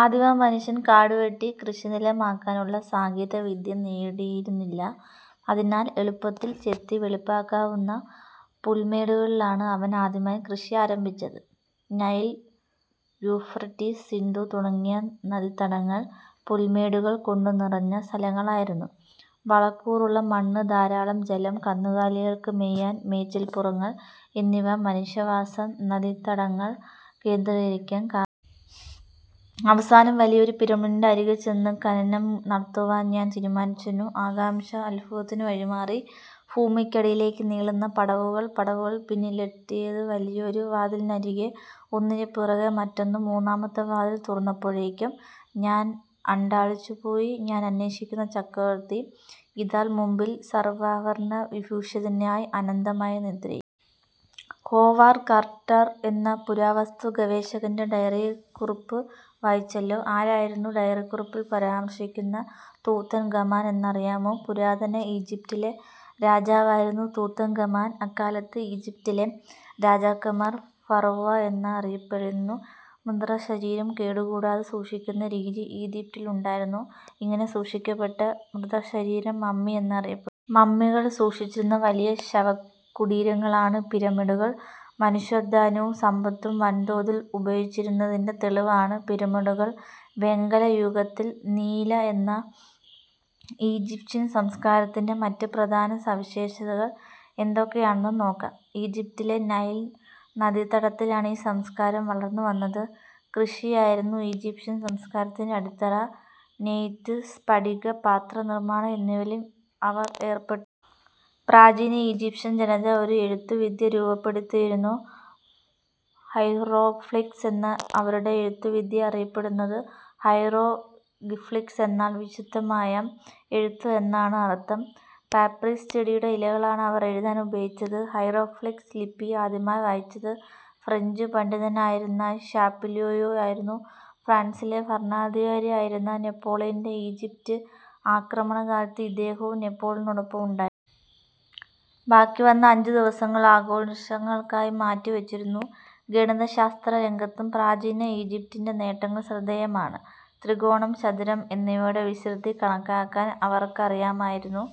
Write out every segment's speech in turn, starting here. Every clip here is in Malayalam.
ആദിമമനുഷ്യൻ കാടുവെട്ടി കൃഷിനിലമാക്കാനുള്ള സാങ്കേതികവിദ്യ നേടിയിരുന്നില്ല. അതിനാൽ എളുപ്പത്തിൽ ചെത്തി വെളിപ്പിക്കാവുന്ന പുൽമേടുകളിലാണ് അവൻ ആദ്യമായി കൃഷിയാരംഭിച്ചത്. നൈൽ, യൂഫ്രട്ടീസ്, സിന്ധു തുടങ്ങിയ നദീതടങ്ങൾ പുൽമേടുകൾ കൊണ്ടുനിറഞ്ഞ സ്ഥലങ്ങളായിരുന്നു. വളക്കൂറുള്ള മണ്ണ്, ധാരാളം ജലം, കന്നുകാലികൾക്ക് മേയാൻ മേച്ചിൽപ്പുറങ്ങൾ എന്നിവ മനുഷ്യവാസം നദീതടങ്ങൾ കേന്ദ്രീകരിക്കാൻ കാ. അവസാനം വലിയൊരു പിരമിഡിന്റെ അരികു ചേർന്ന് ഖനനം നടത്തുവാൻ ഞാൻ തീരുമാനിച്ചു. ആകാംക്ഷ അത്ഭുതത്തിനു വഴിമാറി. ഭൂമിക്കടിയിലേക്ക് നീളുന്ന പടവുകൾ. പടവുകൾ പിന്നിട്ടെത്തിയത് വലിയൊരു വാതിലിനരികെ. ഒന്നിനുപിറകെ മറ്റൊന്ന്. മൂന്നാമത്തെ വാതിൽ തുറന്നപ്പോഴേക്കും ഞാൻ അന്ധാളിച്ചുപോയി. ഞാൻ അന്വേഷിക്കുന്ന ചക്രവർത്തി ഇതാ മുമ്പിൽ സർവ്വാഭരണ വിഭൂഷിതനായി അനന്തമായ നിദ്രയിൽ.. ഹൊവാർഡ് കാർട്ടർ എന്ന പുരാവസ്തു ഗവേഷകന്റെ ഡയറിക്കുറിപ്പ് വായിച്ചല്ലോ. ആരായിരുന്നു ഡയറിക്കുറിപ്പിൽ പരാമർശിക്കുന്ന തൂത്തൻഖാമൻ എന്നറിയാമോ? പുരാതന ഈജിപ്തിലെ രാജാവായിരുന്നു തൂത്തൻഖാമൻ. അക്കാലത്ത് ഈജിപ്തിലെ രാജാക്കന്മാർ ഫറോവ എന്നാണ് അറിയപ്പെട്ടിരുന്നത്. മൃതശരീരം കേടു കൂടാതെ സൂക്ഷിക്കുന്ന രീതി ഈജിപ്തിലുണ്ടായിരുന്നു. ഇങ്ങനെ സൂക്ഷിക്കപ്പെട്ട മൃതശരീരം മമ്മി എന്നാണ് അറിയപ്പെടുന്നത്. മമ്മികൾ സൂക്ഷിച്ചിരുന്ന വലിയ ശവകുടീരങ്ങളാണ് പിരമിഡുകൾ. മനുഷ്യാധ്വാനവും സമ്പത്തും വൻതോതിൽ ഉപയോഗിച്ചിരുന്നതിന്റെ തെളിവാണ് പിരമിഡുകൾ വെങ്കല യുഗത്തിൽ നില നിന്ന ഈജിപ്ഷ്യൻ സംസ്കാരത്തിന്റെ മറ്റ് പ്രധാന സവിശേഷതകൾ എന്തൊക്കെയാണെന്ന് നോക്കാം. ഈജിപ്തിലെ നൈൽ നദീതടത്തിലാണ് ഈ സംസ്കാരം വളർന്നുവന്നത്. കൃഷിയായിരുന്നു ഈജിപ്ഷ്യൻ സംസ്കാരത്തിന്റെ അടിത്തറ. നെയ്ത്ത്, സ്ഫടിക പാത്ര നിർമ്മാണം എന്നിവയിലും അവർ ഏർപ്പെട്ട. പ്രാചീന ഈജിപ്ഷ്യൻ ജനത ഒരു എഴുത്തുവിദ്യ രൂപപ്പെടുത്തിയിരുന്നു. ഹൈറോഗ്ലിഫിക്സ് എന്നാണ് അവരുടെ എഴുത്തുവിദ്യ അറിയപ്പെടുന്നത്. ഹൈറോ ഗ്ലിഫിക്സ് എന്നാൽ വിശുദ്ധമായ എഴുത്ത് എന്നാണ് അർത്ഥം. പാപ്പിറസ് ചെടിയുടെ ഇലകളാണ് അവർ എഴുതാൻ ഉപയോഗിച്ചത്. ഹൈറോഗ്ലിഫിക്സ് ലിപി ആദ്യമായി വായിച്ചത് ഫ്രഞ്ചു പണ്ഡിതനായിരുന്ന ഷംപോലിയോ ആയിരുന്നു. ഫ്രാൻസിലെ ഭരണാധികാരിയായിരുന്ന നെപ്പോളിയന്റെ ഈജിപ്ത് ആക്രമണകാലത്ത് ഇദ്ദേഹവും നെപ്പോളിയനോടൊപ്പം ഉണ്ടായിരുന്നു. ബാക്കി വന്ന അഞ്ചുദിവസങ്ങൾ ആഘോഷങ്ങൾക്കായി മാറ്റിവച്ചിരുന്നു. ഗണിതശാസ്ത്രരംഗത്തും പ്രാചീന ഈജിപ്തിന്റെ നേട്ടങ്ങൾ ശ്രദ്ധേയമാണ്. ത്രികോണം, ചതുരം എന്നിവയുടെ വിസ്തൃതി കണക്കാക്കാൻ അവർക്കറിയാമായിരുന്നു.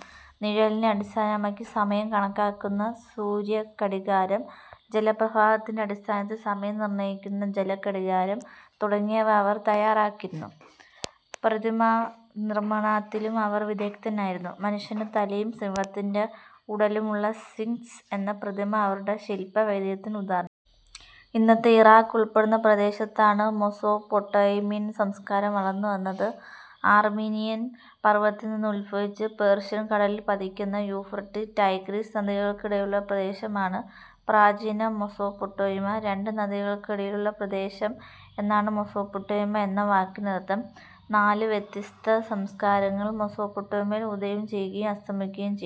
നിഴലിനെ അടിസ്ഥാനമാക്കി സമയം കണക്കാക്കുന്ന സൂര്യഘടികാരം, ജലപ്രവാഹത്തിന്റെ അടിസ്ഥാനത്തിൽ സമയം നിർണ്ണയിക്കുന്ന ജലഘടികാരം തുടങ്ങിയവ അവർ തയ്യാറാക്കിയിരുന്നു. പ്രതിമാനിർമാണത്തിലും അവർ വിദഗ്ധരായിരുന്നു. മനുഷ്യന്റെ തലയും സിംഹത്തിന്റെ ഉടലുമുള്ള സിംഗ്സ് എന്ന പ്രതിമ അവരുടെ ശില്പ വൈദഗ്ധ്യത്തിന് ഉദാഹരണമാണ്. ഇന്നത്തെ ഇറാഖ് ഉൾപ്പെടുന്ന പ്രദേശത്താണ് മെസൊപ്പൊട്ടാമിയൻ സംസ്കാരം വളർന്നുവന്നത്. ആർമീനിയൻ പർവ്വതത്തിൽനിന്ന് ഉത്ഭവിച്ച് പേർഷ്യൻ കടലിൽ പതിക്കുന്ന യൂഫ്രട്ടീസ്, ടൈഗ്രീസ് നദികൾക്കിടയിലുള്ള പ്രദേശമാണ് പ്രാചീന മെസൊപ്പൊട്ടാമിയ. രണ്ട് നദികൾക്കിടയിലുള്ള പ്രദേശം എന്നാണ് മെസൊപ്പൊട്ടാമിയ എന്ന വാക്കിനർത്ഥം. നാല് വ്യത്യസ്ത സംസ്കാരങ്ങൾ മെസൊപ്പൊട്ടാമിയയിൽ ഉദയം ചെയ്യുകയും അസ്തമിക്കുകയും ചെയ്തു.